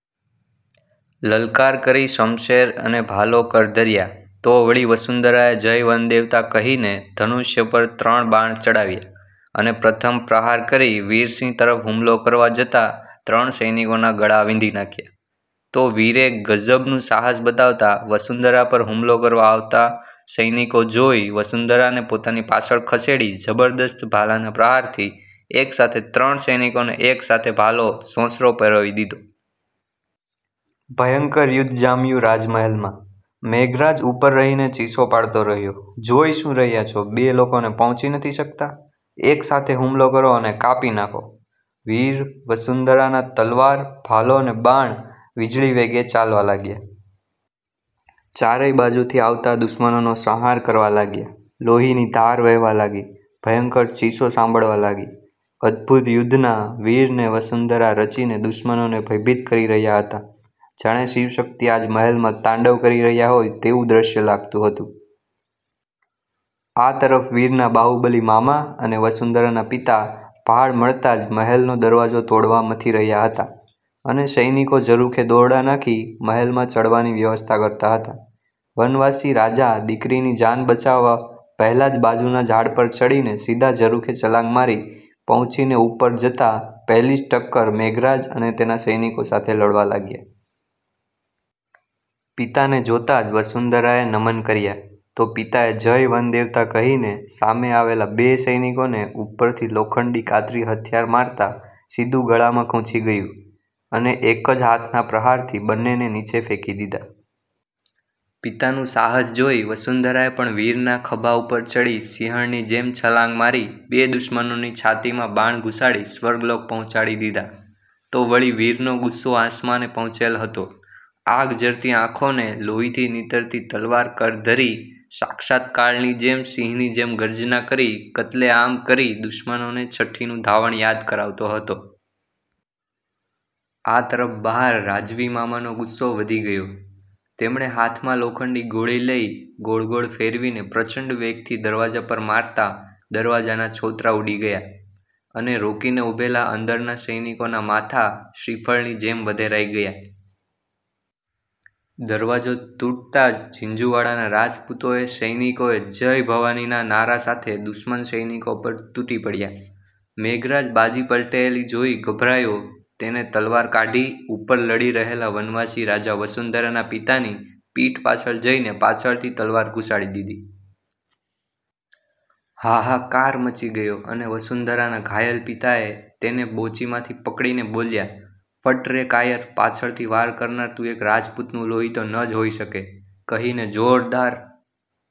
લલકાર કરી શમશેર અને ભાલો કર ધર્યા. તો વળી વસુંધરાએ જય વનદેવતા," કહીને ધનુષ્ય પર ત્રણ બાણ ચડાવ્યા અને પ્રથમ પ્રહાર કરી વીરસિંહ તરફ હુમલો કરવા જતાં ત્રણ સૈનિકોનાં ગળા વીંધી નાખ્યાં. તો વીરે ગજબનું સાહસ બતાવતાં વસુંધરા પર હુમલો કરવા આવતાં સૈનિકો જોઈ વસુંધરાને પોતાની પાછળ ખસેડી જબરજસ્ત ભલાનાં પ્રહારથી એકસાથે ત્રણ સૈનિકોને એકસાથે ભાલો સોંસરો પરોવી દીધો. ભયંકર યુદ્ધ જામ્યું રાજમહેલમાં. મેઘરાજ ઉપર રહીને ચીસો પાડતો રહયો,"જોઈ શું રહ્યાં છો બે લોકોને પહોંચી નથી શકતાં? એકસાથે હુમલો કરો અને કાપી નાખો." વીર, વસુંધરાના તલવાર, ભાલો, ને બાણ વીજળી વેગે ચાલવા લાગ્યાં. ચારેય બાજુથી આવતાં દુશ્મનોનો સંહાર કરવા લાગ્યાં. લોહીની ધાર વહેવા લાગી, ભયંકર ચીસો સાંભળવા લાગી. અદભુત યુદ્ધનાં વીર ને વસુંધરા રચીને દુશ્મનોને ભયભીત કરી રહ્યાં હતાં. જાણે શિવશક્તિ આજ મહેલમાં તાંડવ કરી રહ્યાં હોય તેવુ દ્રશ્ય લાગતું હતું. આ તરફ વીરનાં બાહુબલી મામા અને વસુંધરાનાં પિતા ભાળ મળતાં જ મહેલનો દરવાજો તોડવા મથઈ રહ્યાં હતાં, અને સૈનિકો ઝરૂખે દોરડા નાંખી મહેલમાં ચડવાની વ્યવસ્થા કરતાં હતાં. વનવાસી રાજા દીકરીની જાન બચાવવાં પહેલાં જ બાજુના ઝાડ પર ચડીને સીધાં ઝરુખે છલાંગ મારી, પહોંચીને ઉપર જતાં પહેલી જ ટક્કર મેઘરાજ અને તેનાં સૈનિકો સાથે લડવા લાગ્યાં. પિતાને જોતાં જ વસુંધરાએ નમન કર્યા, તો પિતાએ 'જય વનદેવતા' કહીને સામે આવેલા બે સૈનિકોને ઉપર થી લોખંડી કાતરી હથિયાર મારતાં સીધું ગળામાં ખુંચી ગયું, અને એક જ હાથના પ્રહારથી બંનેને નીચે ફેંકી દીધાં. પિતાનું સાહસ જોઈ વસુંધરાએ પણ વીરના ખંભા ઉપર ચડી સિંહણની જેમ છલાંગ મારી બે દુશ્મનોની છાતીમાં બાણ ઘુસાડી સ્વર્ગલોક પહોંચાડી દીધાં, તો વળી વીરનો ગુસ્સો આસમાને પહોંચેલ હતો, આગ ઝરતી આંખો ને લોહી થી નીતરતી તલવાર કર ધરી સાક્ષાત કાળની જેમ સિંહની જેમ ગર્જના કરી કત્લેઆમ કરી દુશ્મનોને છઠ્ઠીનું ધાવણ યાદ કરાવતો હતો. આ તરફ બહાર રાજવી મામાનો ગુસ્સો વધી ગયો, તેમણે હાથમાં લોખંડી ગોળી લઈ ગોળ-ગોળ ફેરવીને પ્રચંડ વેગથી દરવાજા પર મારતાં દરવાજાના છોતરાં ઊડી ગયાં, અને રોકીને ઉભેલા અંદરના સૈનિકોનાં માથાં શ્રીફળની જેમ વધેરાઈ ગયાં. દરવાજો તૂટતાં જ ઝીંઝુવાડાના રાજપૂતોએ સૈનિકોએ "જય ભવાની" નાં નારાં સાથે દુશ્મન સૈનિકો પર તૂટી પડ્યાં. મેઘરાજ બાજી પલટાયેલી જોઈ ગભરાયો તેને તલવાર કાઢી ઉપર લડી રહેલાં વનવાસી રાજા વસુંધરાનાં પિતાની પીઠ પાછળ જઈને પાછળથી તલવાર ઘુસાડી દીધી. હાહાકાર મચી ગયો, અને વસુંધરાનાં ઘાયલ પિતાએ તેને બોચીમાંથી પકડીને બોલ્યાં,"ફટ રે કાયર, પાછળથી વાર કરનાર તું એક રાજપુતનું લોહી તો ન જ હોઈ શકે," કહીને જોરદાર